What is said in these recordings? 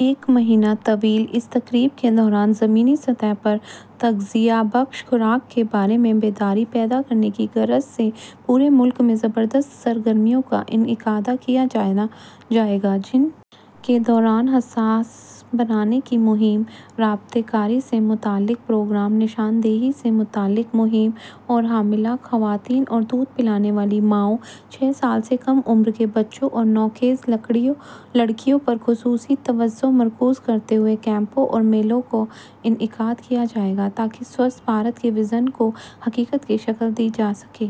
ایک ماہ طویل اس تقریب کے دوران زمینی سطح پر تغذیہ بخش خوراک کے بارے میں بیداری پیدا کرنے کی غرض سے پورے ملک میں زبردست سرگرمیوں کا انعقاد کیا جائے گا، جن کے دوران حساس بنانے کی مہم، رابطہ کاری سے متعلق پروگرام، نشاندہی سے متعلق مہم اور حاملہ خواتین اور دودھ پلانے والی ماؤں، چھ سال سے کم عمر کے بچوں اور نوخیز لڑکیوں پر خصوصی توجہ مرکوز کرتے ہوئے کیمپوں اور میلوں کا انعقاد کیا جائے گا، تاکہ ’’سوستھ بھارت‘‘ کے وژن کو حقیقت کی شکل دی جا سکے۔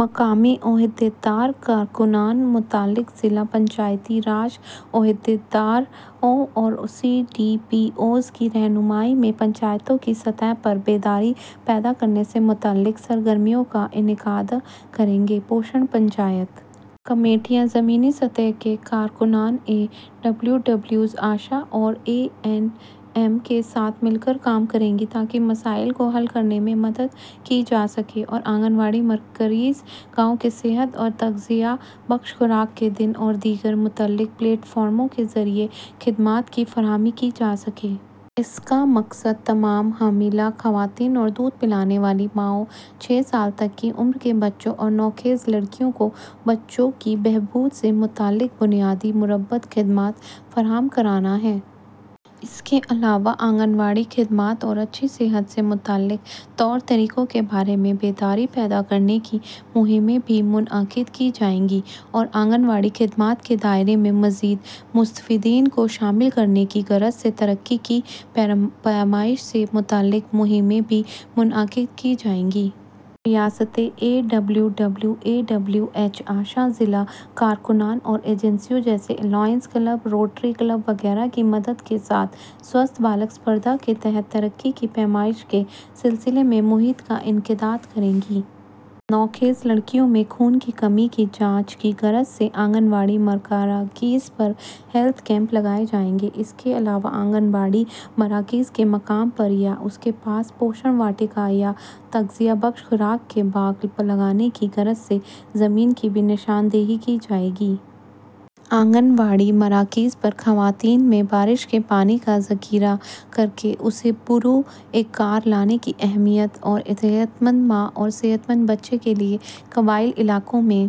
مقامی عہدیدار اور کارکنان، متعلقہ ضلع پنچایتی راج عہدیداروں اور سی ڈی پی اوز کی رہنمائی میں پنچایتوں کی سطح پر بیداری پیدا کرنے سے متعلق سرگرمیوں کا انعقاد کریں گے۔ پوشن پنچایت کمیٹیاں زمینی سطح کے کارکنان، اے ڈبلیو ڈبلیوز، آشا اور اے این ایم کے ساتھ مل کر کام کریں گی، تاکہ مسائل کو حل کرنے میں مدد کی جا سکے اور آنگن واڑی مراکز، گاؤں کے صحت اور تغذیہ بخش خوراک کے دن اور دیگر متعلقہ پلیٹ فارموں کے ذریعے خدمات کی فراہمی کی جا سکے۔ اس کا مقصد تمام حاملہ خواتین اور دودھ پلانے والی ماؤں، چھ سال تک کی عمر کے بچوں اور نوخیز لڑکیوں کو بچوں کی بہبود سے متعلق بنیادی مربوط خدمات فراہم کرنا ہے۔ اس کے علاوہ آنگن واڑی خدمات اور اچھی صحت سے متعلق طور طریقوں کے بارے میں بیداری پیدا کرنے کی مہمیں بھی منعقد کی جائیں گی اور آنگن واڑی خدمات کے دائرے میں مزید مستفیدین کو شامل کرنے کی غرض سے ترقی کی پیمائش سے متعلق مہمیں بھی منعقد کی جائیں گی۔ ریاستیں A W W, A W H, ASHA, ضلع کے کارکنان اور ایجنسیوں جیسے لائنز کلب، روٹری کلب وغیرہ کی مدد کے ساتھ ’’سوستھ بالک اسپردھا‘‘ کے تحت ترقی کی پیمائش کے سلسلے میں مہم کا انعقاد کریں گی۔ نوخیز لڑکیوں میں خون کی کمی کی جانچ کی غرض سے آنگن واڑی مراکز پر ہیلتھ کیمپ لگائے جائیں گے۔ اس کے علاوہ آنگن واڑی مراکز کے مقام پر یا اس کے پاس پوشن واٹیکاؤں یا تغذیہ بخش خوراک کے باغ لگانے کی غرض سے زمین کی بھی نشاندہی کی جائے گی۔ آنگن واڑی مراکز پر خواتین میں بارش کے پانی کا ذخیرہ کرکے اسے بروئے کار لانے کی اہمیت اور صحت مند ماں اور صحت مند بچے کے لیے قبائلی علاقوں میں۔